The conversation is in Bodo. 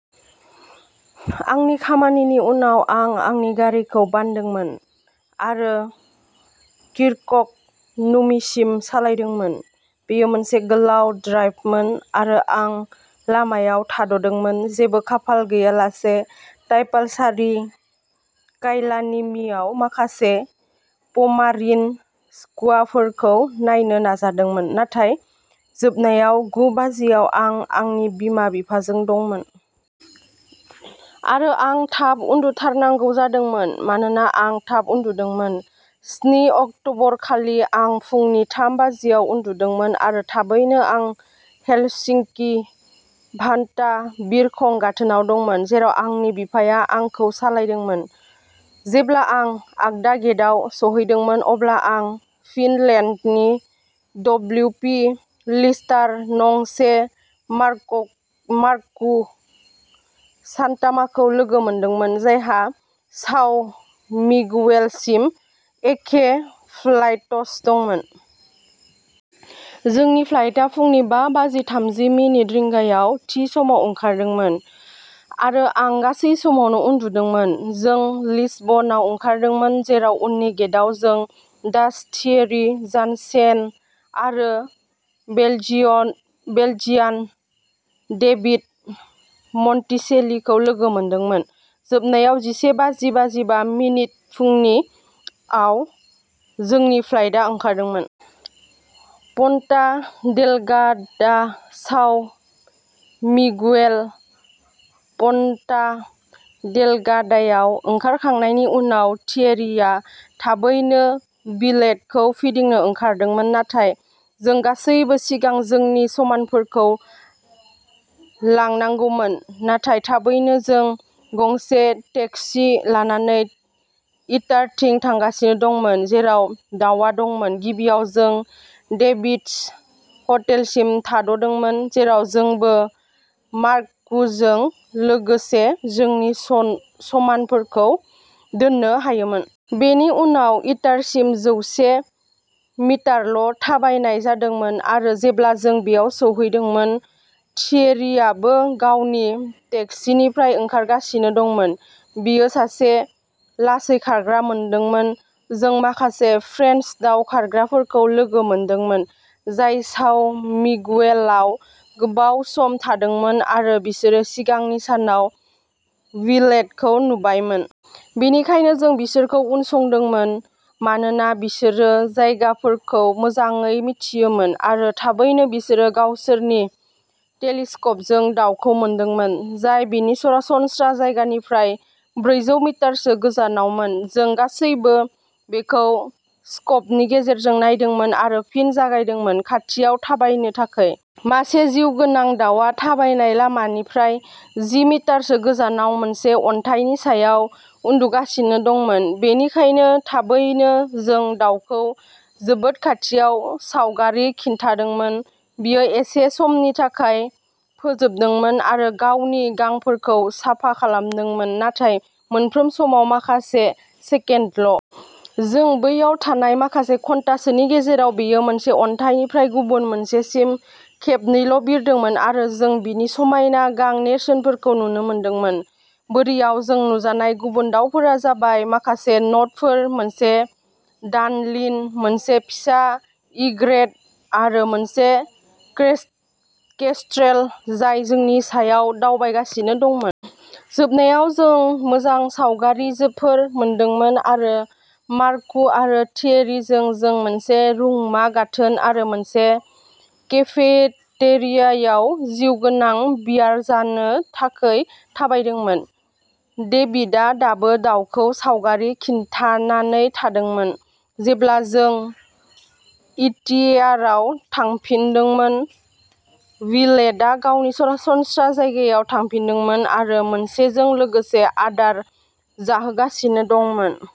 आंनि खामानिनि उनाव, आं आंनि गारिखौ बानदोंमोन आरो किर्कक'नुमिसिम सालायदोंमोन। बेयो मोनसे गोलाव ड्राइभमोन आरो आं लामायाव थाद'दोंमोन, जेबो खाफाल गैयालासे ताइपालसारि काइलानिमिआव माखासे प'मारिन स्कुआफोरखौ नायनो नाजादोंमोन, नाथाय जोबनायाव गु बाजियाव आं आंनि बिमा-बिफाजों दंमोन। आरो आं थाब उन्दुथारनांगौ जादोंमोन मानोना आं थाब उन्दुदोंमोन। स्नि अक्ट'बरखालि आं फुंनि थाम बाजियाव उन्दुदोंमोन आरो थाबैनो आं हेलसिंकि भान्टा बिरखं गाथोनाव दंमोन, जेराव आंनि बिफाया आंखौ सालायदोंमोन। जेब्ला आं आगदा गेटआव सौहैदोंमोन, अब्ला आं फिनलेन्डनि डब्लिउपि-लिस्टार नं से मार्क मार्ककु सान्टामाखौ लोगो मोनदोंमोन, जायहा साव मिगुवेलसिम एखे फ्लाइट्स दंमोन। जोंनि फ्लाइटा फुंनि बा बाजि थामजि मिनिट रिंगायाव थि समाव ओंखारदोंमोन आरो आं गासै समावनो उन्दुदोंमोन। जों लिसबनआव ओंखारदोंमोन जेराव उननि गेटआव जों डाच थियेरि जानसेन आरो बेल्जियम बेल्जियान डेभिड मन्टिसेलिखौ लोगो मोनदोंमोन। जोबनायाव जिसे बाजि बाजिबा मिनिट फुंनि आव जोंनि फ्लाइटा ओंखारदोंमोन। पन्टा डेलगाडा, साव मिगुएल। पन्टा डेलगाडायाव ओंखारखांनायनि उनाव थियेरीआ थाबैनो विलेटखौ फिदिंनो ओंखारदोंमोन, नाथाय जों गासैबो सिगां जोंनि समानफोरखौ लांनांगौमोन। नाथाय थाबैनो जों गंसे टेक्सि लानानै इटारथिं थांगासिनो दंमोन, जेराव दाउआ दंमोन। गिबियाव जों डेभिडस हटेलसिम थाद'दोंमोन, जेराव जोंबो मार्ककुजों लोगोसे जोंनि सन समानफोरखौ दोननो हायोमोन। बेनि उनाव इटारसिम जौसे मिटारल' थाबायनाय जादोंमोन। आरो जेब्ला जों बैयाव सौहैदोंमोन, थियेरीआबो गावनि टेक्सीनिफ्राय ओंखारगासिनो दंमोन, बियो सासे लासै खारग्रा मोनदोंमोन। जों माखासे फ्रेन्स दाव खारग्राफोरखौ लोगो मोनदोंमोन, जाय साव मिगुएलआव गोबाव सम थादोंमोन आरो बिसोरो सिगांनि सानाव विलेटखौ नुबायमोन। बेनिखायनो जों बिसोरखौ उनसंदोंमोन मानोना बिसोरो जायगाफोरखौ मोजाङै मिथियोमोन। आरो थाबैनो बिसोरो गावसोरनि टेलिस्कोपजों दावखौ मोनदोंमोन, जाय बिनि सरासनस्रा जायगानिफ्राय ब्रैजौ मिटारसो गोजानावमोन। जों गासैबो बेखौ स्कोपनि गेजेरजों नायदोंमोन आरो फिन जागायदोंमोन। खाथियाव थाबायनो थाखाय। मासे जिउगोनां दाउआ थाबायनाय लामानिफ्राय जि मिटारसो गोजानाव मोनसे अन्थाइनि सायाव उन्दुगासिनो दंमोन। बेनिखायनो थाबैनो जों दाउखौ जोबोद खाथियाव सावगारि खिन्थादोंमोन बियो एसे समनि थाखाय फोजोबदोंमोन आरो गावनि गांफोरखौ साफा खालामदोंमोन, नाथाय मोनफ्रोम समाव माखासे सेकेन्डल'। जों बैयाव थानाय माखासे घन्टासोनि गेजेराव, बेयो मोनसे अन्थाइनिफ्राय गुबुन मोनसेसिम खेबनैल' बिरदोंमोन आरो जों बिनि समायना गां-नेरसोनफोरखौ नुनो मोनदोंमोन। बोरियाव जों नुजानाय गुबुन दाउफोरा जाबाय माखासे नटफोर, मोनसे डानलिन, मोनसे फिसा इग्रेत आरो मोनसे केस केस्ट्रेल जाय जोंनि सायाव दावबायगासिनो दंमोन। जोबनायाव जों मोजां सावगारिफोर मोनदोंमोन आरो मार्ककु आरो थियेरीजों जों मोनसे रुंमा गाथोन आरो मोनसे केफेटेरियायाव जिउगोनां-बियार जानो थाखाय थाबायदोंमोन। डेभिडआ दाबो दाउखौ सावगारि खिन्थानानै थादोंमोन। जेब्ला जों इटिएआरआव थांफिनदोंमोन, विलेटआ गावनि सरासनस्रा जायगायाव थांफिनदोंमोन आरो मोनसेजों लोगोसे आदार जाहोगासिनो दंमोन।